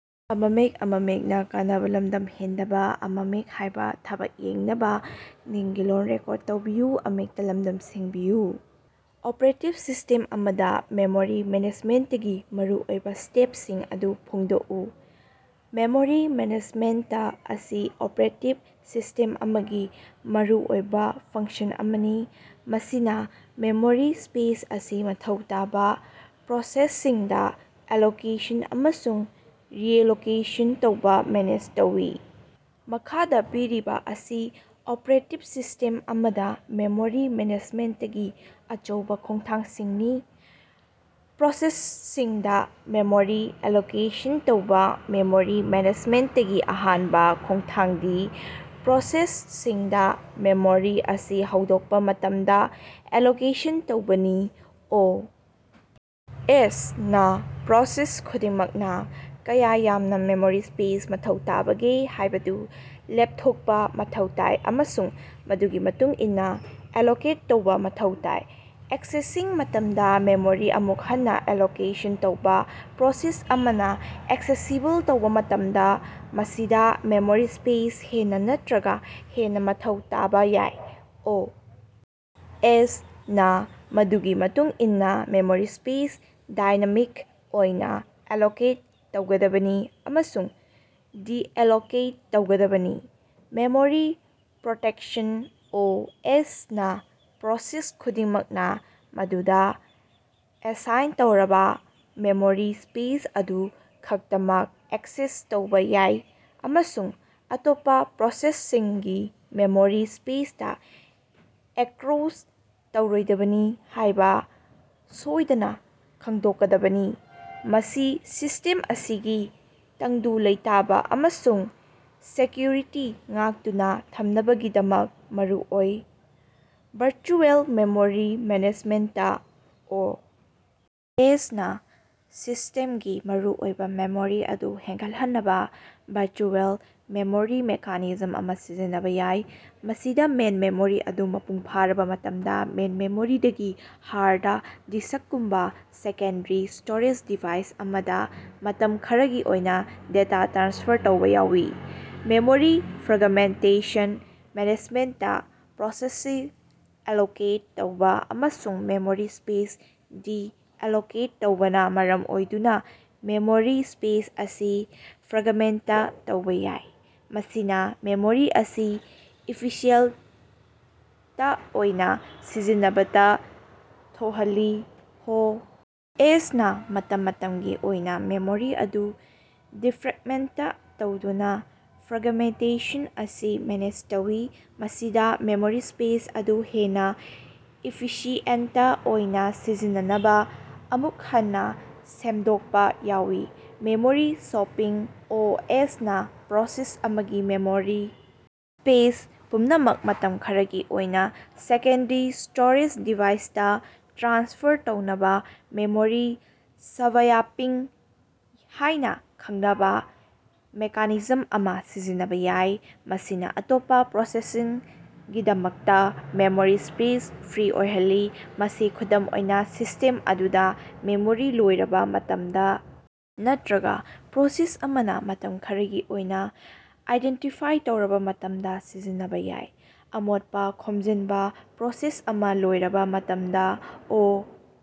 Operating system ꯑꯃꯗꯥ memory ꯃꯦꯅꯦꯖꯃꯦꯟꯇꯒꯤ ꯃꯔꯨꯑꯣꯏꯕꯥ ꯁ꯭ꯇꯦꯄꯁꯤꯡ ꯑꯗꯨ ꯐꯣꯡꯗꯣꯛꯎ꯫ ꯃꯦꯃꯣꯔꯤ ꯃꯦꯅꯦꯖꯃꯦꯟꯇ ꯑꯁꯤ ꯑꯣꯄꯔꯦꯇꯤꯞ ꯁꯤꯁ꯭ꯇꯦꯝ ꯑꯃꯒꯤ ꯃꯔꯨꯑꯣꯏꯕꯥ ꯐꯪꯁꯟ ꯑꯃꯅꯤ, ꯃꯁꯤꯅꯥ ꯃꯦꯃꯣꯔꯤ ꯁ꯭ꯄꯦꯁ ꯑꯁꯤ ꯃꯊꯧ ꯇꯥꯕꯥ ꯄ꯭ꯔꯣꯁꯦꯁꯁꯤꯡꯗꯥ ꯑꯦꯂꯣꯀꯦꯁꯟ ꯑꯃꯁꯨꯡ ꯔꯤꯑꯦꯂꯣꯀꯦꯁꯟ ꯇꯧꯕꯥ ꯃꯦꯅꯦꯖ ꯇꯧꯏ꯫ ꯃꯈꯥꯗꯥ ꯄꯤꯔꯤꯕꯥ ꯑꯁꯤ ꯑꯣꯄꯔꯦꯇꯤꯞ ꯁꯤꯁ꯭ꯇꯦꯝ ꯑꯃꯗꯥ ꯃꯦꯃꯣꯔꯤ ꯃꯦꯅꯦꯖꯃꯦꯟꯇꯀꯤ ꯑꯆꯧꯕꯥ ꯈꯣꯡꯊꯥꯡꯁꯤꯡꯅꯤ: ꯄ꯭ꯔꯣꯁꯦꯁꯁꯤꯡꯗꯥ ꯃꯦꯃꯣꯔꯤ ꯑꯦꯂꯣꯀꯦꯁꯟ ꯇꯧꯕꯥ: ꯃꯦꯃꯣꯔꯤ ꯃꯦꯅꯦꯖꯃꯦꯟꯇꯀꯤ ꯑꯍꯥꯟꯕꯥ ꯈꯣꯡꯊꯥꯡꯗꯤ ꯄ꯭ꯔꯣꯁꯦꯁꯁꯤꯡꯗꯥ ꯃꯦꯃꯣꯔꯤ ꯑꯁꯤ ꯍꯧꯗꯣꯛꯄꯥ ꯃꯇꯝꯗꯥ ꯑꯦꯂꯣꯀꯦꯁꯟ ꯇꯧꯕꯅꯤ꯫ ꯑꯣ. ꯑꯦꯁ. ꯅꯥ ꯄ꯭ꯔꯣꯁꯦꯁ ꯈꯨꯗꯤꯡꯃꯛꯅꯥ ꯀꯌꯥ ꯌꯥꯝꯅꯥ ꯃꯦꯃꯣꯔꯤ ꯁ꯭ꯄꯦꯁ ꯃꯊꯧ ꯇꯥꯕꯒꯦ ꯍꯥꯏꯕꯗꯨ ꯂꯦꯞꯊꯣꯛꯄꯥ ꯃꯊꯧ ꯇꯥꯏ ꯑꯃꯁꯨꯡ ꯃꯗꯨꯒꯤ ꯃꯇꯨꯡ ꯏꯟꯅꯥ ꯑꯦꯂꯣꯀꯦꯠ ꯇꯧꯕꯥ ꯃꯊꯧ ꯇꯥꯏ꯫ ꯑꯦꯛꯁꯦꯁꯤꯡ ꯃꯇꯝꯗꯥ ꯃꯦꯃꯣꯔꯤ ꯑꯃꯨꯛ ꯍꯟꯅꯥ ꯑꯦꯂꯣꯀꯦꯁꯟ ꯇꯧꯕꯥ: ꯄ꯭ꯔꯣꯁꯦꯁ ꯑꯃꯅꯥ ꯑꯦꯛꯁꯦꯁꯤꯕꯜ ꯇꯧꯕꯥ ꯃꯇꯝꯗꯥ, ꯃꯁꯤꯗꯥ ꯃꯦꯃꯣꯔꯤ ꯁ꯭ꯄꯦꯁ ꯍꯦꯟꯅꯥ ꯅꯠꯇꯔꯒꯥ ꯍꯦꯟꯅꯥ ꯃꯊꯧ ꯇꯥꯕꯥ ꯌꯥꯏ꯫ ꯑꯣ. ꯑꯦꯁ. ꯅꯥ ꯃꯗꯨꯒꯤ ꯃꯇꯨꯡ ꯏꯟꯅꯥ ꯃꯦꯃꯣꯔꯤ ꯁ꯭ꯄꯦꯁ ꯗꯥꯏꯅꯥꯃꯤꯛ ꯑꯣꯏꯅꯥ ꯑꯦꯂꯣꯀꯦꯠ ꯇꯧꯒꯗꯕꯅꯤ ꯑꯃꯁꯨꯡ ꯗꯤꯑꯦꯂꯣꯀꯦꯠ ꯇꯧꯒꯗꯕꯅꯤ꯫ ꯃꯦꯃꯣꯔꯤ ꯄ꯭ꯔꯣꯇꯦꯛꯁꯟ: ꯑꯣ. ꯑꯦꯁ. ꯅꯥ ꯄ꯭ꯔꯣꯁꯦꯁ ꯈꯨꯗꯤꯡꯃꯛꯅꯥ ꯃꯗꯨꯗꯥ ꯑꯦꯁꯥꯏꯟ ꯇꯧꯔꯕꯥ ꯃꯦꯃꯣꯔꯤ ꯁ꯭ꯄꯦꯁ ꯑꯗꯨ ꯈꯛꯇꯃꯛ ꯑꯦꯛꯁꯦꯁ ꯇꯧꯕꯥ ꯌꯥꯏ ꯑꯃꯁꯨꯡ ꯑꯇꯣꯞꯄꯥ ꯄ꯭ꯔꯣꯁꯦꯁꯁꯤꯡꯒꯤ ꯃꯦꯃꯣꯔꯤ ꯁ꯭ꯄꯦꯁꯇꯥ ꯑꯦꯛꯀꯔꯣꯁ ꯇꯧꯔꯣꯏꯗꯕꯅꯤ ꯍꯥꯏꯕꯥ ꯁꯣꯏꯗꯅꯥ ꯈꯪꯗꯣꯛꯀꯗꯕꯅꯤ꯫ ꯃꯁꯤ ꯁꯤꯁ꯭ꯇꯦꯝ ꯑꯁꯤꯒꯤ ꯇꯪꯗꯨ ꯂꯩꯇꯥꯕꯥ ꯑꯃꯁꯨꯡ ꯁꯦꯛꯌꯨꯔꯤꯇꯤ ꯉꯥꯛꯇꯨꯅꯥ ꯊꯝꯅꯕꯒꯤꯗꯃꯛ ꯃꯔꯨꯑꯣꯏ꯫ Virtual memory management: O. S. ꯅꯥ ꯁꯤꯁ꯭ꯇꯦꯝꯒꯤ ꯃꯔꯨꯑꯣꯏꯕꯥ ꯃꯦꯃꯣꯔꯤ ꯑꯗꯨ ꯍꯦꯟꯒꯠꯍꯟꯅꯕꯥ ꯚꯔꯆꯨꯑꯦꯜ ꯃꯦꯃꯣꯔꯤ ꯃꯦꯀꯥꯅꯤꯖꯝ ꯑꯃꯥ ꯁꯤꯖꯤꯟꯅꯕꯥ ꯌꯥꯏ꯫ ꯃꯁꯤꯗꯥ ꯃꯦꯟ ꯃꯦꯃꯣꯔꯤ ꯑꯗꯨ ꯃꯄꯨꯡ ꯐꯥꯔꯕꯥ ꯃꯇꯝꯗꯥ ꯃꯦꯟ ꯃꯦꯃꯣꯔꯤꯗꯒꯤ ꯍꯥꯔꯗ ꯗꯤꯁ꯭ꯀꯒꯨꯝꯕꯥ ꯁꯦꯀꯦꯟꯗꯔꯤ ꯁ꯭ꯇꯣꯔꯦꯖ ꯗꯤꯚꯥꯏꯁ ꯑꯃꯗꯥ ꯃꯇꯝ ꯈꯔꯒꯤ ꯑꯣꯏꯅꯥ ꯗꯦꯇꯥ ꯇ꯭ꯔꯥꯟꯁꯐꯔ ꯇꯧꯕꯥ ꯌꯥꯎꯏ꯫ ꯃꯦꯃꯣꯔꯤ ꯐ꯭ꯔꯒꯃꯦꯟꯇꯦꯁꯟ ꯃꯦꯅꯦꯖꯃꯦꯟꯇ: ꯄ꯭ꯔꯣꯁꯦꯁꯁꯤꯡ ꯑꯦꯂꯣꯀꯦꯠ ꯇꯧꯕꯥ ꯑꯃꯁꯨꯡ ꯃꯦꯃꯣꯔꯤ ꯁ꯭ꯄꯦꯁ ꯗꯤꯑꯦꯂꯣꯀꯦꯠ ꯇꯧꯕꯅꯥ ꯃꯔꯝ ꯑꯣꯏꯗꯨꯅꯥ ꯃꯦꯃꯣꯔꯤ ꯁ꯭ꯄꯦꯁ ꯑꯁꯤ ꯐ꯭ꯔꯒꯃꯦꯟꯇ ꯇꯧꯕꯥ ꯌꯥꯏ, ꯃꯁꯤꯅꯥ ꯃꯦꯃꯣꯔꯤ ꯑꯁꯤ ꯏꯐꯤꯁꯤꯑꯦꯟꯇ ꯑꯣꯏꯅꯥ ꯁꯤꯖꯤꯟꯅꯕꯗꯥ ꯊꯣꯍꯜꯂꯤ꯫ ꯑꯣ. ꯑꯦꯁ. ꯅꯥ ꯃꯇꯝ ꯃꯇꯝꯒꯤ ꯑꯣꯏꯅꯥ ꯃꯦꯃꯣꯔꯤ ꯑꯗꯨ ꯗꯤꯐ꯭ꯔꯦꯒꯃꯦꯟꯇ ꯇꯧꯗꯨꯅꯥ ꯐ꯭ꯔꯒꯃꯦꯟꯇꯦꯁꯟ ꯑꯁꯤ ꯃꯦꯅꯦꯖ ꯇꯧꯏ, ꯃꯁꯤꯗꯥ ꯃꯦꯃꯣꯔꯤ ꯁ꯭ꯄꯦꯁ ꯑꯗꯨ ꯍꯦꯟꯅꯥ ꯏꯐꯤꯁꯤꯑꯦꯟꯇ ꯑꯣꯏꯅꯥ ꯁꯤꯖꯤꯟꯅꯅꯕꯥ ꯑꯃꯨꯛ ꯍꯟꯅꯥ ꯁꯦꯝꯗꯣꯛꯄꯥ ꯌꯥꯎꯏ꯫ ꯃꯦꯃꯣꯔꯤ ꯁꯣꯄꯤꯡ: ꯑꯣ. ꯑꯦꯁ. ꯅꯥ ꯄ꯭ꯔꯣꯁꯦꯁ ꯑꯃꯒꯤ ꯃꯦꯃꯣꯔꯤ ꯁ꯭ꯄꯦꯁ ꯄꯨꯝꯅꯃꯛ ꯃꯇꯝ ꯈꯔꯒꯤ ꯑꯣꯏꯅꯥ ꯁꯦꯀꯦꯟꯗꯔꯤ ꯁ꯭ꯇꯣꯔꯦꯖ ꯗꯤꯚꯥꯏꯁꯇꯥ ꯇ꯭ꯔꯥꯟꯁꯐꯔ ꯇꯧꯅꯕꯥ ꯃꯦꯃꯣꯔꯤ ꯁ꯭ꯕ꯭ꯌꯥꯄꯤꯡ ꯍꯥꯏꯅꯥ ꯈꯪꯅꯕꯥ ꯃꯦꯀꯥꯅꯤꯖꯝ ꯑꯃꯥ ꯁꯤꯖꯤꯟꯅꯕꯥ ꯌꯥꯏ, ꯃꯁꯤꯅꯥ ꯑꯇꯣꯞꯄꯥ ꯄ꯭ꯔꯣꯁꯦꯁꯁꯤꯡꯒꯤꯗꯃꯛꯇꯥ ꯃꯦꯃꯣꯔꯤ ꯁ꯭ꯄꯦꯁ ꯐ꯭ꯔꯤ ꯑꯣꯏꯍꯜꯂꯤ꯫ ꯃꯁꯤ ꯈꯨꯗꯝ ꯑꯣꯏꯅꯥ, ꯁꯤꯁ꯭ꯇꯦꯝ ꯑꯗꯨꯗꯥ ꯃꯦꯃꯣꯔꯤ ꯂꯣꯏꯔꯕꯥ ꯃꯇꯝꯗꯥ ꯅꯠꯇꯔꯒꯥ ꯄ꯭ꯔꯣꯁꯦꯁ ꯑꯃꯅꯥ ꯃꯇꯝ ꯈꯔꯒꯤ ꯑꯣꯏꯅꯥ ꯑꯥꯏꯗꯦꯟꯇꯤꯐꯥꯏ ꯇꯧꯔꯕꯥ ꯃꯇꯝꯗꯥ ꯁꯤꯖꯤꯟꯅꯕꯥ ꯌꯥꯏ꯫ ꯑꯃꯣꯠꯄꯥ ꯈꯣꯝꯖꯤꯟꯕꯥ: ꯄ꯭ꯔꯣꯁꯦꯁ ꯑꯃꯥ ꯂꯣꯏꯔꯕꯥ ꯃꯇꯝꯗꯥ ꯑꯣ꯫